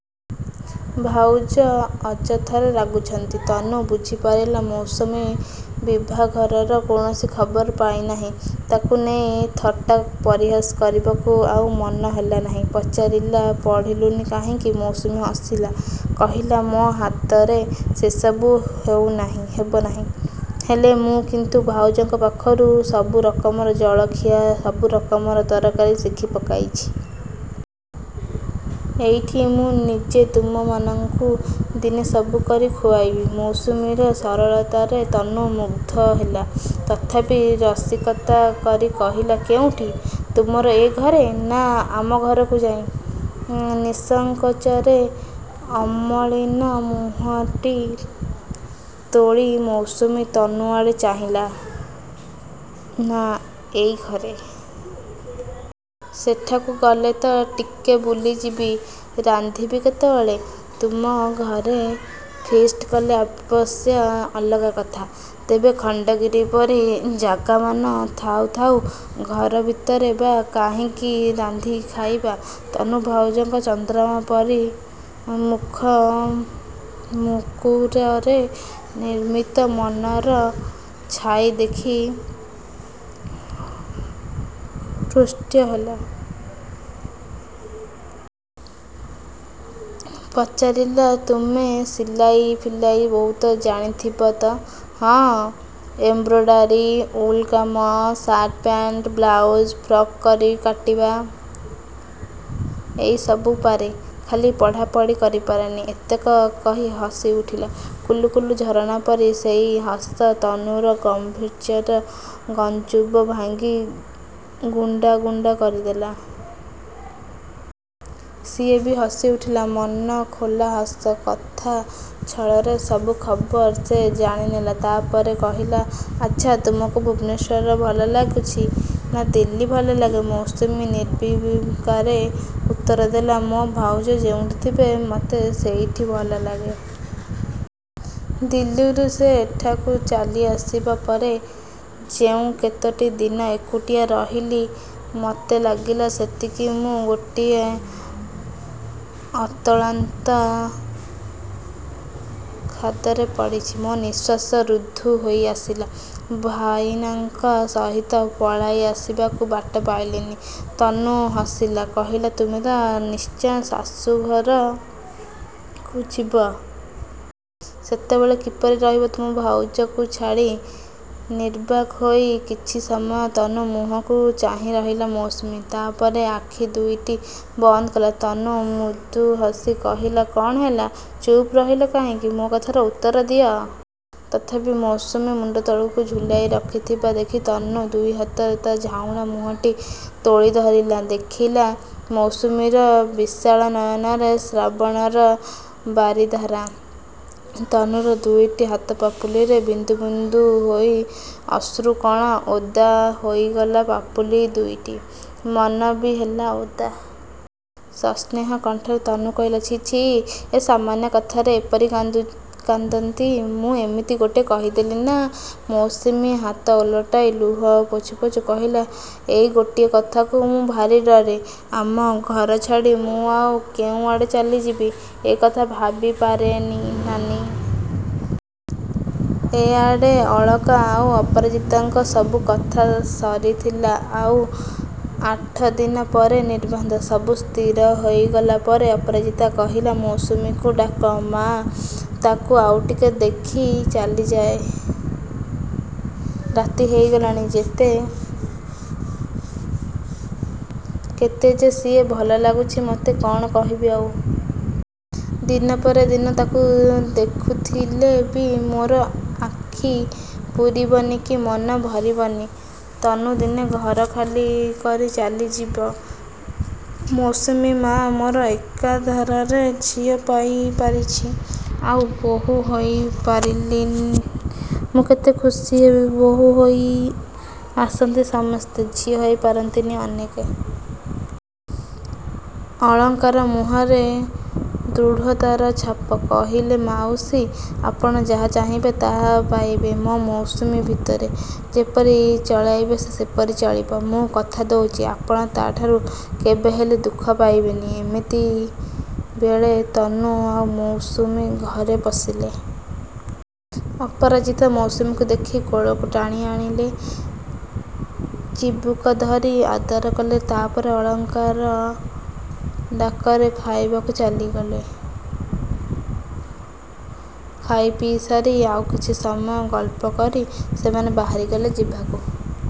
ଭାଉଜ ଅଯଥାରେ ରାଗୁଛନ୍ତି। ତନୁ ବୁଝିପାରିଲା ମୌସୁମୀ ବିଭାଘରର କୌଣସି ଖବର ପାଇନାହିଁ। ତାକୁ ନେଇ ଥଟ୍ଟା ପରିହାସ କରିବାକୁ ଆଉ ମନ ହେଲାନାହିଁ। ପଚାରିଲା ପଢ଼ିଲୁନି କାହିଁକି? ମୌସୁମୀ ହସିଲା। କହିଲା ମୋ ହାତରେ ସେ ସବୁ ହେବନାହିଁ। ହେଲେ ମୁଁ କିନ୍ତୁ ଭାଉଜଙ୍କ ପାଖରୁ ସବୁ ରକମର ଜଳଖିଆ, ସବୁ ରକମର ତରକାରୀ ଶିଖି ପକାଇଛି। ଏଇଠି ମୁଁ ନିଜେ ତୁମମାନଙ୍କୁ ଦିନେ ସବୁ କରି ଖୁଆଇବି। ମୌସୁମୀର ସରଳତାରେ ତନୁ ମୁଗ୍ଧ ହେଲା। ତଥାପି ରସିକତା କରି କହିଲା କେଉଁଠି, ତୁମର ଏ ଘରେ ନା ଆମ ଘରକୁ ଯାଇ? ନିଃସଙ୍କୋଚରେ ଅମଳିନ ମୁହଁଟି ତୋଳି ମୌସୁମୀ ତନୁ ଆଡ଼େ ଚାହିଁ ଲା ନା, ଏଇ ଘରେ। ସେଠାକୁ ଗଲେ ତ ଟିକେ ବୁଲିଯିବି। ରାନ୍ଧିବି କେତେବେଳେ? ତୁମ ଘରେ ଫିଷ୍ଟ୍ କଲେ ଅବଶ୍ୟ ଅଲଗା କଥା। ତେବେ ଖଣ୍ଡଗିରି ପରି ଜାଗାମାନ ଥାଉ ଥାଉ ଘର ଭିତରେ ବା କାହିଁକି ରାନ୍ଧି ଖାଇବା! ତନୁ ଭାଉଜଙ୍କ ଚନ୍ଦ୍ରମା ପରି ମୁଖମୁକୁରରେ ନିର୍ମତ ମନର ଛାଇ ଦେଖି ହୃଷ୍ଟ ହେଲା। ପଚାରିଲା ତୁମେ ସିଲାଇ ଫିଲାଇ ବହୁତ ଜାଣିଥିବ ତ? ହଁ, ଏମ୍ବ୍ରୋଡୋରୀ, ଉଲ୍‌କାମ, ସାର୍ଟ-ପ୍ୟାଣ୍ଟ, ବ୍ଲାଉଜ୍, ଫ୍ରକ୍ କାଟିବା ଏଇ ସବୁ ପାରେ। ଖାଲି ପଢ଼ାପଢ଼ି କରି ପାରେନି । ଏତକ କହି ହସିଉଠିଲା। କୁଳୁକୁଳୁ ଝରଣା ପରି ସେଇ ହସ ତନୁର ଗାମ୍ଭୀର୍ଯ୍ୟର ଗମ୍ବୁଜ ଭାଙ୍ଗି ଗୁଣ୍ଡା ଗୁଣ୍ଡା କରିଦେଲା। ସିଏ ବି ହସିଉଠିଲା ମନଖୋଲା ହସ। କଥା ଛଳରେ ସବୁ ଖବର ସେ ଜାଣିନେଲା। ତା’ପରେ କହିଲା ଆଚ୍ଛା, ତୁମକୁ ଭୁବନେଶ୍ୱର ଭଲ ଲାଗୁଛି ନା ଦିଲ୍ଲୀ ଭଲ ଲାଗେ? ମୌସୁମୀ ନିର୍ବିକାର ଉତ୍ତର ଦେଲା ମୋ ଭାଉଜ ଯେଉଁଠି ଥିବେ, ମୋତେ ସେଇଠି ଭଲ ଲାଗେ। ଦିଲ୍ଲୀରୁ ସେ ଏଠାକୁ ଚାଲିଆସିବା ପରେ ଯେଉଁ କେତୋଟି ଦିନ ଏକୁଟିଆ ରହିଲି, ମୋତେ ଲାଗିଲା ସତେକି ମୁଁ ଗୋଟାଏ ଅତଳାନ୍ତ ଖାଦରେ ପଡ଼ିଛି। ମୋ ନିଃଶ୍ୱାସ ରୁନ୍ଧି ହୋଇଆସିଲା। ଭାଇନାଙ୍କ ସହିତ ପଳାଇ ଆସିବାକୁ ବାଟ ପାଇଲିନି। ତନୁ ହସିଲା। କହିଲା ତୁମେ ତ ନିଶ୍ଚୟ ଶାଶୂଘରକୁ ଯିବ। ସେତେବେଳେ କିପରି ରହିବ ତୁମ ଭାଉଜଙ୍କୁ ଛାଡ଼ି? ନିର୍ବାକ୍ ହୋଇ କିଛି ସମୟ ତନୁ ମୁହଁକୁ ଚାହିଁ ରହିଲା ମୌସୁମୀ। ତା’ ପରେ ଆଖି ଦୁଇଟି ବନ୍ଦ କଲା। ତନୁ ମୃଦୁ ହସି କହିଲା କ’ଣ ହେଲା, ଚୁପ୍ ରହିଲ କାହିଁକି? ମୋ କଥାର ଉତ୍ତର ଦିଅ। ତଥାପି ମୌସୁମୀ ମୁଣ୍ଡ ତଳକୁ ଝୁଲାଇ ରହିଥିବା ଦେଖି ତନୁ ଦୁଇ ହାତରେ ତା’ର ଝାଉଁଳା ମୁହଁଟି ତୋଳି ଧରିଲା। ଦେଖିଲା ମୌସୁମୀର ବିଶାଳ ନୟନରେ ଶ୍ରାବଣର ବାରିଧାରା। ତନୁର ଦୁଇଟି ହାତପାପୁଲିରେ ବିନ୍ଦୁ ବିନ୍ଦୁ ହୋଇ ଅଶ୍ରୁକଣା। ଓଦା ହୋଇଗଲା ପାପୁଲି ଦୁଇଟି। ମନ ବି ହେଲା ଓଦା। ସସ୍ନେହ କଣ୍ଠରେ ତନୁ କହିଲା ଛି ଛି, ଏ ସାମାନ୍ୟ କଥାରେ ଏପରି କାନ୍ଦନ୍ତି? ମୁଁ ଏମିତି ଗୋଟେ କହିଦେଲି ନା! ମୌସୁମୀ ହାତ ଓଲଟାଇ ଲୁହ ପୋଛୁ ପୋଛୁ କହିଲା ଏଇ ଗୋଟିଏ କଥାକୁ ମୁଁ ଭାରି ଡରେ। ଆମ ଘର ଛାଡ଼ି ମୁଁ ଆଉ କେଉଁଆଡ଼େ ଚାଲିଯିବି, ଏ କଥା ଭାବିପାରେନି ନାନୀ। ଏଆଡ଼େ ଅଳକା ଆଉ ଅପରାଜିତାଙ୍କର ସବୁ କଥା ସରିଥିଲା। ଆଉ ଆଠ ଦିନ ପରେ ନିର୍ବନ୍ଧ। ସବୁ ସ୍ଥିର ହୋଇଗଲା ପରେ ଅପରାଜିତା କହିଲେ ମୌସୁମୀକୁ ଡାକ ମାଆ, ତାକୁ ଆଉ ଟିକେ ଦେଖି ଚାଲିଯାଏ। ରାତି ହୋଇଗଲାଣି। ଯେ କେତେ ଯେ ସିଏ ଭଲ ଲାଗୁଛି ମୋତେ, କ’ଣ କହିବି ଆଉ! ଦିନ ପରେ ଦିନ ତାକୁ ଦେଖୁଥିଲେ ବି ମୋର ଆଖି ପୁରିବନି କି ମନ ଭରିବନି। ତନୁ ଦିନେ ଘର ଖାଲି କରି ଚାଲିଯିବ। ମୌସୁମୀ ମାଆ ମୋର ଏକାଧାରରେ ଝିଅ ହୋଇପାରିଛି, ଆଉ ବୋହୂ ହୋଇପାରିଲିନି ମୁଁ କେତେ ଖୁସି ହେବି! ବୋହୂ ହୋଇ ଆସନ୍ତି ସମସ୍ତେ, ଝିଅ ହୋଇ ପାରନ୍ତିନି ଅନେକେ। ଅଳକାଙ୍କ ମୁହଁରେ ଦୃଢ଼ତାର ଛାପ। କହିଲେ ମାଉସୀ, ଆପଣ ଯାହା ଚାହିଁବେ ତା’ ପାଇବେ ମୋ ମୌସୁମୀ ଭିତରୁ। ଯେପରି ଚଳାଇବେ ସେ ସେପରି ଚଳିବ। ମୁଁ କଥା ଦେଉଛି, ଆପଣ ତା’ଠାରୁ କେବେହେଲେ ଦୁଃଖ ପାଇବେନି। ଏମିତିବେଳେ ତନୁ ଆଉ ମୌସୁମୀ ଘରେ ପଶିଲେ। ଅପରାଜିତା ମୌସୁମୀକୁ ଦେଖି କୋଳକୁ ଟାଣିଆଣିଲେ। ଚିବୁକ ଧରି ଆଦର କଲେ। ତା’ପରେ ଅଳକାଙ୍କ ଡାକରେ ଖାଇବାକୁ ଚାଲିଗଲେ। ଖାଇପିଇ ସାରି, ଆଉ କିଛି ସମୟ ଗଳ୍ପ କରି ସେମାନେ ବାହାରିଲେ ଯିବାକୁ।